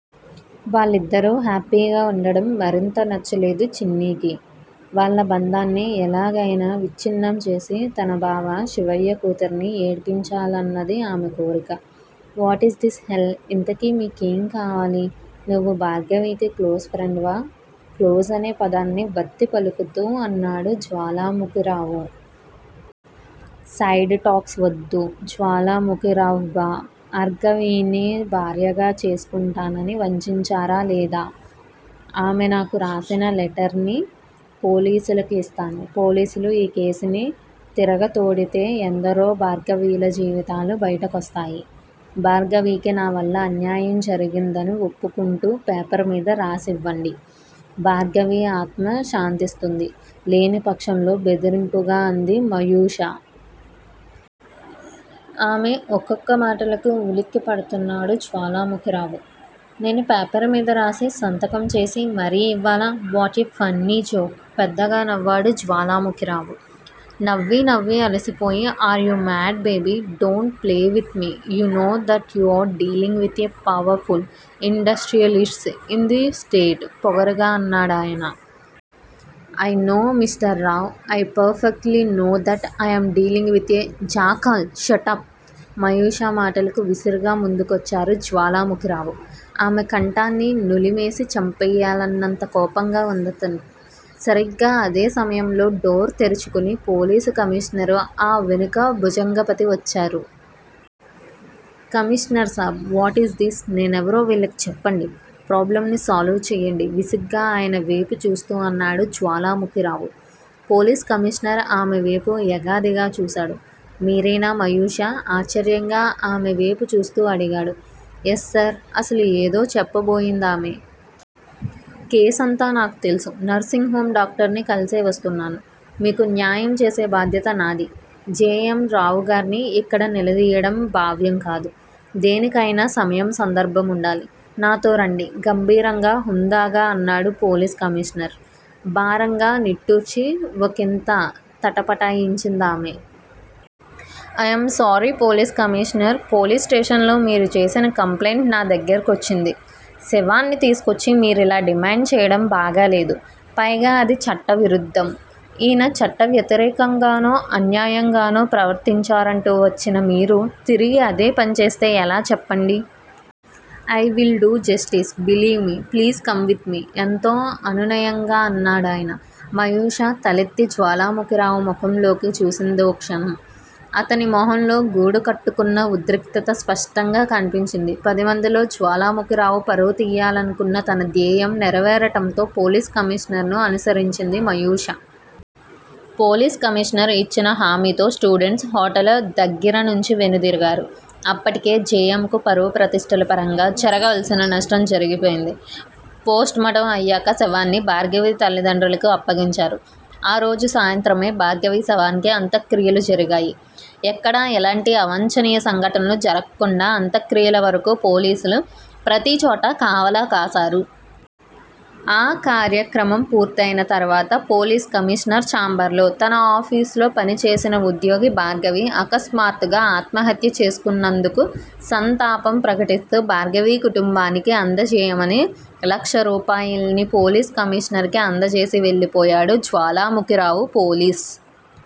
వాళ్ళిద్దరూ హ్యాపీగా వుండడం మరింత నచ్చలేదు చిన్నికి. వాళ్ళ బంధాన్ని ఎలాగయినా విచ్చిన్నం చేసి తన బావ శివయ్య కూతురిని ఏడిపించాలన్నది ఆమె కోరిక. వాటీజ్ దిస్ హెల్ ఇంతకీ మీకేం కావాలి నువ్వు భార్గవికి క్లోజ్ ఫ్రెండ్ వా? క్లోజ్ అనే పదాన్ని వత్తి పలుకుతూ అన్నాడు జ్వాలాముఖిరావు. సైడ్ టాక్స్ వద్దు జ్వాలాముఖిరావ్భా ర్గవినే భార్యగా చేసుకుంటానని వంచించారా లేదా? ఆమె నాకు రాసిన లెటర్ ని పోలీసులకు ఇస్తాను. పోలీసులు ఈ కేసుని తిరగతోడితే ఎందరో భార్గవిల జీవితాలు బయటకొస్తాయి. భార్గవికి నావల్ల అన్యాయం జరిగిందని వప్పుకుంటూ పేపర్ మీద రాసివ్వండి. భార్గవి ఆత్మ శాంతిస్తుంది లేనిపక్షంలో బెదిరింపుగా అంది మయూష. ఆమె ఒక్కొక్క మాటలకు వులిక్కిపడుతున్నాడు జ్వాలాముఖిరావు. నేను పేపర్ మీద రాసి సంతకం చేసి మరీ ఇవ్వాలా వాట్ ఏ ఫన్నీ జోక్ పెద్దగా నవ్వాడు జ్వాలాముఖిరావు. నవ్వి, నవ్వి అలిసిపోయి are you mad baby don't play with me you know that you are dealing with a powerful industrialists in the state పొగరుగా అన్నాడాయన. I know mister Rao! I perfectly know that I'm dealing with a jackal ష ట ప్ మయూష మాటలకు విసురుగా ముందుకొచ్చారు జ్వాలాముఖిరావు. ఆమె కంఠాన్ని నులిమేసి చంపెయ్యాలన్నంత కోపంగా ఉందతనికి. సరిగ్గా అదే సమయంలో డోర్ తెరుచుకుని పోలీసు కమీషనరు, ఆ వెనుక భుజంగపతి వచ్చారు. కమీషనర్ సాబ్ వాటీజ్ దిస్ నేనెవరో వీళ్ళకు చెప్పండి. ప్రాబ్లమ్ ని సాల్వ్ చేయండి విసుగ్గా ఆయన వేపు చూస్తూ అన్నాడు జ్వాలాముఖిరావు. పోలీస్ కమీషనర్ ఆమె వేపు ఎగాదిగా చూశాడు. మీరేనా మయూష? ఆశ్చర్యంగా ఆమె వేపు చూస్తూ అడిగాడు. Yes sir. అసలు ఏదో చెప్పబోయిందామె. కేసంతా నాకు తెలుసు నర్సింగ్ హోమ్ డాక్టర్ని కలిసే వస్తున్నాను. మీకు న్యాయం చేసే బాధ్యత నాది జె. ఎం. రావుగార్ని యిక్కడ నిలదీయడం భావ్యం కాదు. దేనికయినా సమయం, సందర్భముండాలి. నాతో రండి గంభీరంగా, హుందాగా అన్నాడు పోలీస్ కమీషనర్. భారంగా నిట్టూర్చి ఒకింత తటపటాయించిందామె. I'm sorry police commissioner. Police station లో మీరు చేసిన కంప్లయింట్ నా దగ్గిర కొచ్చింది. శవాన్ని తీసుకొచ్చి మీరిలా డిమాండ్ చేయడం బాగాలేదు. పైగా అది చట్ట విరుద్దం. ఈయన చట్ట వ్యతిరేకం గానో, అన్యాయంగానో ప్రవర్తించారంటూ వచ్చిన మీరు తిరిగి అదే పనిచేస్తే ఎలా చెప్పండి? I will do justice, believe me please come with me ఎంతో అనునయంగా అన్నాడాయన. మయూష తలెత్తి జ్వాలాముఖిరావు ముఖంలోకి చూసిందోక్షణం. అతని మొహంలో గూడుకట్టుకున్న ఉద్రిక్తత స్పష్టంగా కనిపించింది. పదిమందిలో జ్వాలాముఖిరావు పరువు తీయాలనుకున్న తన ద్యేయం నెరవేరటంతో, పోలీస్ కమీషనర్ ను అనుసరించింది మయూష. పోలీస్ కమీషనర్ ఇచ్చిన హామీతో స్టూడెంట్స్ హోటల్ దగ్గిర నుంచి వెనుదిరిగారు. అప్పటికే జె. యమ్ కు పరువు ప్రతిష్టల పరంగా జరగవలసిన నష్టం జరిగిపోయింది. పోస్టుమార్టమ్ అయ్యాక శవాన్ని భార్గవి తల్లిదండ్రులకు అప్పగించారు. ఆ రోజు సాయంత్రమే భార్గవి శవానికి అంత్యక్రియలు జరిగాయి. ఎక్కడా ఎలాంటి అవాంఛనీయ సంఘటనలు జరక్కుండా అంత్యక్రియల వరకూ పోలీసులు ప్రతీచోటా కావలా కాసారు. ఆ కార్యక్రమం పూర్తయిన తర్వాత- పోలీస్ కమీషనర్ చాంబర్ లో తన ఆఫీసులో పని చేసిన ఉద్యోగి భార్గవి అకస్మాత్తుగా ఆత్మహత్యా చేసుకున్నందుకు సంతాపం ప్రకటిస్తూ భార్గవి కుటుంబానికి అందజేయమని లక్షరూపాయల్ని పోలీస్ కమీషనర్ కి అందజేసి వెళ్ళిపోయాడు జ్వాలాముఖిరావు. పోలీస్